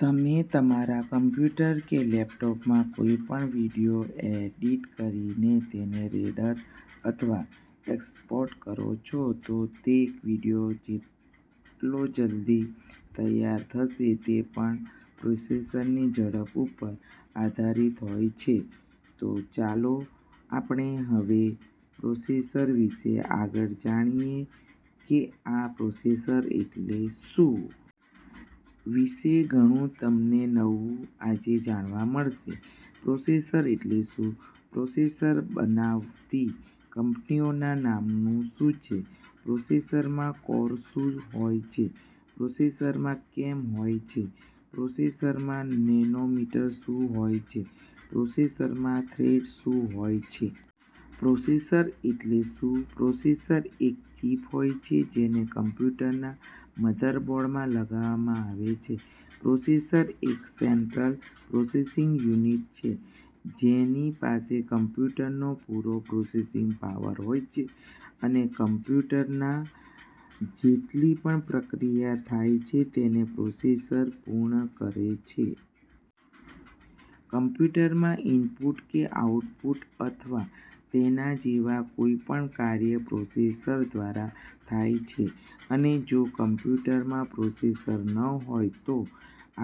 તમે તમારા કમ્પ્યુટર કે લેપટોપમાં કોઈ પણ વિડિયો એડિટ કરીને તેને રેંડર અથવા એક્સપોર્ટ કરો છો તો તે વિડિયો કેટલો જલ્દી તૈયાર થશે તે પણ પ્રોસેસરની ઝડપ ઉપર આધારિત હોય છે. તો ચાલો આપણે હવે પ્રોસેસર વિશે આગળ જાણીએ કે આ પ્રોસેસર એટલે શું? વિશે ઘણું તમને નવું આજે જાણવા મળશે. પ્રોસેસર એટલે શું? – પ્રોસેસર બનાવતી કંપનીઓના નામ શું છે? પ્રોસેસરમાં કોર શું હોય છે? પ્રોસેસરમાં કેમ હોય છે? પ્રોસેસરમાં નેનોમીટર શું હોય છે? પ્રોસેસરમાં થ્રેડ શું હોય છે? પ્રોસેસર એટલે શું? – પ્રોસેસર એક ચિપ હોય છે જેને કમ્પ્યુટરના મધરબોર્ડમાં લગાવવામાં આવે છે, પ્રોસેસર એક "સેટ્રલ પ્રોસેસિંગ યુનિટ" છે જેની પાસે કમ્પ્યુટરનો પૂરો પ્રોસેસિંગ પાવર હોય છે અને કમ્પ્યુટરમાં જેટલી પણ પ્રક્રિયા થાય છે તેને પ્રોસેસર પૂર્ણ કરે છે. કમ્પ્યુટરમાં ઈનપુટ કે આઉટપુટ અથવા તેના જેવા કોઈ પણ કાર્ય પ્રોસેસર દ્વારા થાય છે અને જો કમ્પ્યુટરમાં પ્રોસેસર ન હોય તો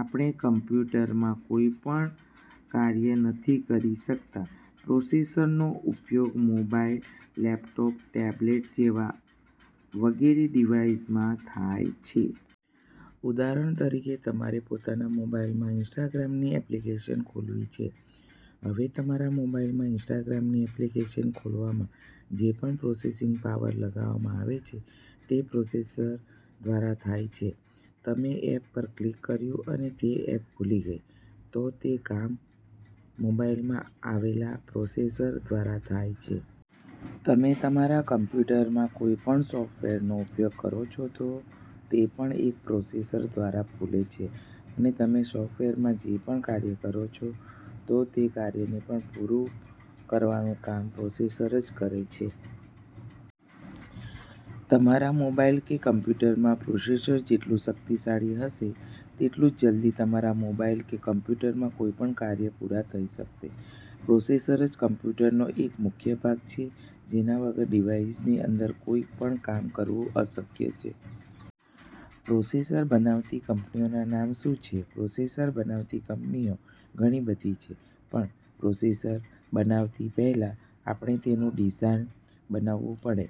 આપણે કમ્પ્યુટરમાં કોઈ પણ કાર્ય નથી કરી શકતા. પ્રોસેસરનો ઉપયોગ મોબાઇલ, લેપટોપ, ટેબલેટ જેવા વગેરે ડિવાઇસમાં થાય છે. ઉદાહરણ તરીકે તમારે પોતાના મોબાઇલમાં ઇન્સ્ટાગ્રામની એપ્લિકેશન ખોલવી છે, હવે તમારા મોબાઇલમાં ઇન્સ્ટાગ્રામની એપ્લિકેશન ખોલવામાં જે પણ પ્રોસેસિંગ પાવર લગાવવામાં આવે છે તે પ્રોસેસર દ્વારા થાય છે. તમે એપ પર ક્લિક કર્યું અને તે એપ ખૂલી ગઈ તો તે કામ મોબાઇલમાં આવેલા પ્રોસેસર દ્વારા થાય છે. તમે તમારા કમ્પ્યુટરમાં કોઈ પણ સોફ્ટવેરનો ઉપયોગ કરો છો તો તે પણ એક પ્રોસેસર દ્વારા ખૂલે છે અને તમે સોફ્ટવેરમાં જે પણ કાર્ય કરો છો તો તે કાર્યને પણ પૂરું કરવાનું કામ પ્રોસેસર જ કરે છે. તમારા મોબાઇલ કે કમ્પ્યુટરમાં પ્રોસેસર જેટલું શક્તિશાળી હશે તેટલું જલ્દી તમારા મોબાઇલ કે કમ્પ્યુટરમાં કોઈ પણ કાર્ય પૂરા થઈ શકશે. પ્રોસેસર જ કમ્પ્યુટરનો એક મુખ્ય ભાગ છે જેના વગર ડિવાઇસની અંદર કોઈ પણ કામ કરવું અશક્ય છે. પ્રોસેસર બનાવતી કંપનીઓના નામ શું છે? પ્રોસેસર બનાવતી કંપનીઓ ઘણી બધી છે પણ પ્રોસેસર બનાવતી પહેલા આપણે તેનું ડિઝાઇન બનાવવું પડે,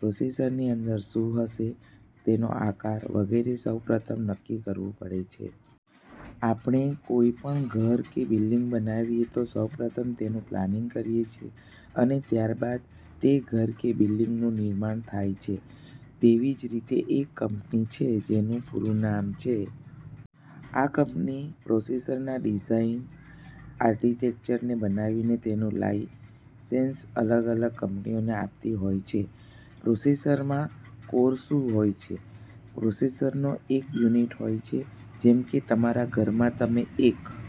પ્રોસેસરની અંદર શું હશે, તેનો આકાર વગેરે સૌપ્રથમ નક્કી કરવું પડે છે. આપણે કોઈ પણ ઘર કે બિલ્ડીંગ બનાવીએ તો સૌપ્રથમ તેનું પ્લાનિંગ કરીએ છીએ અને ત્યારબાદ તે ઘર કે બિલ્ડીંગનું નિર્માણ થાય છે. તેવી જ રીતે એક કંપની છે જેનું પૂરું નામ "" છે. આ કંપની પ્રોસેસરના ડિઝાઇન, આર્કિટેક્ચરને બનાવીને તેનું લાઈસેન્સ અલગ-અલગ કંપનીઓને આપતી હોય છે. પ્રોસેસરમાં કોર શું હોય છે? પ્રોસેસરનો એક યુનિટ હોય છે જેમ કે તમારા ઘરમાં તમે એક